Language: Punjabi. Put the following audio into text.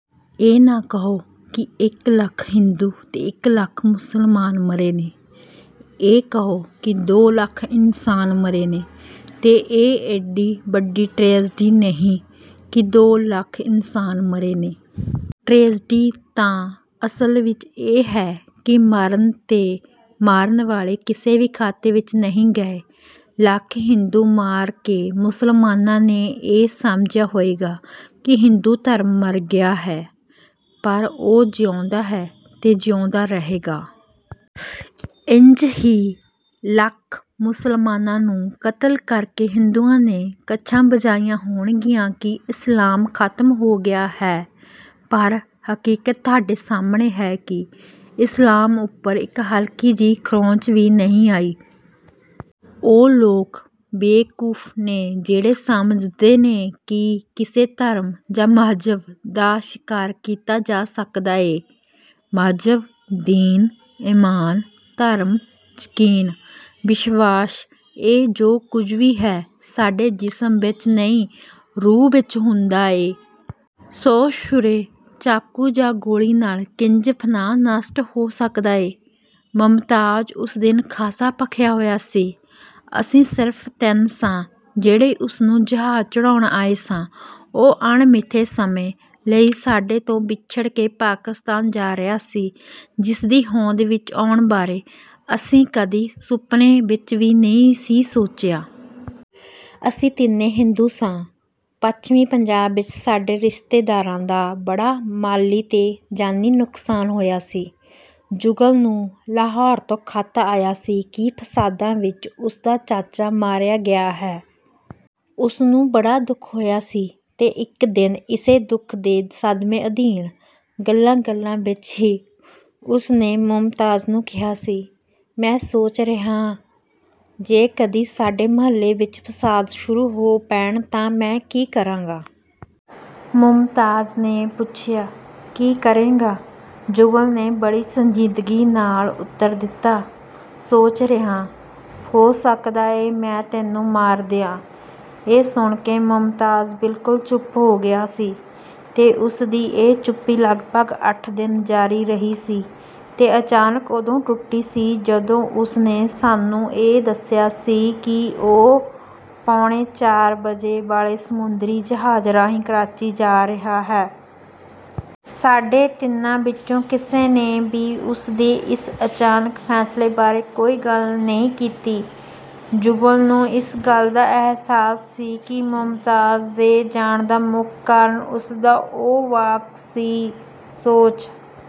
ਇਹ ਨਾ ਕਹੋ ਕਿ ਇੱਕ ਲੱਖ ਹਿੰਦੂ ਤੇ ਇੱਕ ਲੱਖ ਮੁਸਲਮਾਨ ਮਰੇ ਨੇ। ਇਹ ਕਹੋ ਕਿ ਦੋ ਲੱਖ ਇਨਸਾਨ ਮਰੇ ਨੇ। ਤੇ ਇਹ ਏਡੀ ਵੱਡੀ ਟ੍ਰੇਜ਼ਡੀ ਨਹੀਂ ਕਿ ਦੋ ਲੱਖ ਇਨਸਾਨ ਮਰੇ ਨੇ। ਟ੍ਰੇਜ਼ਡੀ ਤਾਂ ਅਸਲ ਵਿਚ ਇਹ ਹੈ ਕਿ ਮਾਰਨ ਤੇ ਮਰਨ ਵਾਲੇ ਕਿਸੇ ਵੀ ਖਾਤੇ ਵਿਚ ਨਹੀਂ ਗਏ। ਲੱਖ ਹਿੰਦੂ ਮਾਰ ਕੇ ਮੁਸਲਮਾਨਾਂ ਨੇ ਇਹ ਸਮਝਿਆ ਹੋਏਗਾ ਕਿ ਹਿੰਦੂ ਧਰਮ ਮਰ ਗਿਆ ਹੈ, ਪਰ ਉਹ ਜਿਉਂਦਾ ਹੈ ਤੇ ਜਿਉਂਦਾ ਰਹੇਗਾ। ਇੰਜ ਹੀ ਲੱਖ ਮੁਸਲਮਾਨਾਂ ਨੂੰ ਕਤਲ ਕਰਕੇ ਹਿੰਦੂਆਂ ਨੇ ਕੱਛਾਂ ਵਜਾਈਆਂ ਹੋਣਗੀਆਂ ਕਿ ਇਸਲਾਮ ਖ਼ਤਮ ਹੋ ਗਿਆ ਹੈ, ਪਰ ਹਕੀਕਤ ਤੁਹਾਡੇ ਸਾਹਮਣੇ ਹੈ ਕਿ ਇਸਲਾਮ ਉੱਪਰ ਇੱਕ ਹਲਕੀ ਜਿਹੀ ਖਰੋਂਚ ਵੀ ਨਹੀਂ ਆਈ। ਉਹ ਲੋਕ ਬੇਵਕੂਫ਼ ਨੇ ਜਿਹੜੇ ਸਮਝਦੇ ਨੇ ਕਿ ਕਿਸੇ ਧਰਮ ਜਾਂ ਮਜ਼ਹਬ ਦਾ ਸ਼ਿਕਾਰ ਕੀਤਾ ਜਾ ਸਕਦਾ ਏ। ਮਜ਼ਹਬ, ਦੀਨ, ਈਮਾਨ, ਧਰਮ, ਯਕੀਨ, ਵਿਸ਼ਵਾਸ ਇਹ ਜੋ ਕੁਝ ਵੀ ਹੈ, ਸਾਡੇ ਜਿਸਮ ਵਿਚ ਨਹੀਂ, ਰੂਹ ਵਿਚ ਹੁੰਦਾ ਏ। ਸੋ ਛੁਰੇ, ਚਾਕੂ ਜਾਂ ਗੋਲੀ ਨਾਲ ਕਿੰਜ ਫਨਾਹ ਨਸ਼ਟ ਹੋ ਸਕਦਾ ਏ? ਮੁਮਤਾਜ਼ ਉਸ ਦਿਨ ਖਾਸਾ ਭਖਿਆ ਹੋਇਆ ਸੀ। ਅਸੀਂ ਸਿਰਫ ਤਿੰਨ ਸਾਂ, ਜਿਹੜੇ ਉਸ ਨੂੰ ਜਹਾਜ਼ ਚੜ੍ਹਾਉਣ ਆਏ ਸਾਂ। ਉਹ ਅਣਮਿਥੇ ਸਮੇਂ ਲਈ ਸਾਡੇ ਤੋਂ ਵਿੱਛੜ ਕੇ ਪਾਕਿਸਤਾਨ ਜਾ ਰਿਹਾ ਸੀ, ਜਿਸ ਦੇ ਹੋਂਦ ਵਿਚ ਆਉਣ ਬਾਰੇ ਅਸੀਂ ਕਦੀ ਸੁਪਨੇ ਵਿਚ ਵੀ ਨਹੀਂ ਸੀ ਸੋਚਿਆ। ਅਸੀਂ ਤਿੰਨੇ ਹਿੰਦੂ ਸਾਂ। ਪੱਛਮੀ ਪੰਜਾਬ ਵਿਚ ਸਾਡੇ ਰਿਸ਼ਤੇਦਾਰਾਂ ਦਾ ਬੜਾ ਮਾਲੀ ਤੇ ਜਾਨੀ ਨੁਕਸਾਨ ਹੋਇਆ ਸੀ। ਜੁਗਲ ਨੂੰ ਲਾਹੌਰ ਤੋਂ ਖ਼ਤ ਆਇਆ ਸੀ ਕਿ ਫਸਾਦਾਂ ਵਿਚ ਉਸ ਦਾ ਚਾਚਾ ਮਾਰਿਆ ਗਿਆ ਹੈ। ਉਸ ਨੂੰ ਬੜਾ ਦੁੱਖ ਹੋਇਆ ਸੀ ਤੇ ਇੱਕ ਦਿਨ ਇਸੇ ਦੁੱਖ ਦੇ ਸਦਮੇਂ ਅਧੀਨ, ਗੱਲਾਂ ਗੱਲਾਂ ਵਿਚ ਹੀ, ਉਸ ਨੇ ਮੁਮਤਾਜ਼ ਨੂੰ ਕਿਹਾ ਸੀ, ਮੈਂ ਸੋਚ ਰਿਹਾਂ, ਜੇ ਕਦੀ ਸਾਡੇ ਮੁਹੱਲੇ ਵਿਚ ਫਸਾਦ ਸ਼ੁਰੂ ਹੋ ਪੈਣ ਤਾਂ ਮੈਂ ਕੀ ਕਰਾਂਗਾ? ਮੁਮਤਾਜ਼ ਨੇ ਪੁੱਛਿਆ, ਕੀ ਕਰੇਂਗਾ? ਜੁਗਲ ਨੇ ਬੜੀ ਸੰਜੀਦਗੀ ਨਾਲ ਉੱਤਰ ਦਿੱਤਾ, ਸੋਚ ਰਿਹਾਂ, ਹੋ ਸਕਦਾ ਏ ਮੈਂ ਤੈਨੂੰ ਮਾਰ ਦਿਆਂ! ਇਹ ਸੁਣ ਕੇ ਮੁਮਤਾਜ਼ ਬਿਲਕੁਲ ਚੁੱਪ ਹੋ ਗਿਆ ਸੀ ਤੇ ਉਸ ਦੀ ਇਹ ਚੁੱਪੀ ਲਗਭਗ ਅੱਠ ਦਿਨ ਜਾਰੀ ਰਹੀ ਸੀ, ਤੇ ਅਚਾਨਕ ਉਦੋਂ ਟੁੱਟੀ ਸੀ ਜਦੋਂ ਉਸ ਨੇ ਸਾਨੂੰ ਇਹ ਦੱਸਿਆ ਸੀ ਕਿ ਉਹ ਪੌਣੇ ਚਾਰ ਵਜੇ ਵਾਲੇ ਸਮੁੰਦਰੀ ਜਹਾਜ਼ ਰਾਹੀਂ ਕਰਾਚੀ ਜਾ ਰਿਹਾ ਹੈ। ਸਾਡੇ ਤਿੰਨਾਂ ਵਿਚੋਂ ਕਿਸੇ ਨੇ ਵੀ ਉਸ ਦੇ ਇਸ ਅਚਾਨਕ ਫੈਸਲੇ ਬਾਰੇ ਕੋਈ ਗੱਲ ਨਹੀਂ ਕੀਤੀ। ਜੁਗਲ ਨੂੰ ਇਸ ਗੱਲ ਦਾ ਅਹਿਸਾਸ ਸੀ ਕਿ ਮੁਮਤਾਜ਼ ਦੇ ਜਾਣ ਦਾ ਮੁੱਖ ਕਾਰਣ ਉਸ ਦਾ ਉਹ ਵਾਕ ਸੀ, ਸੋਚ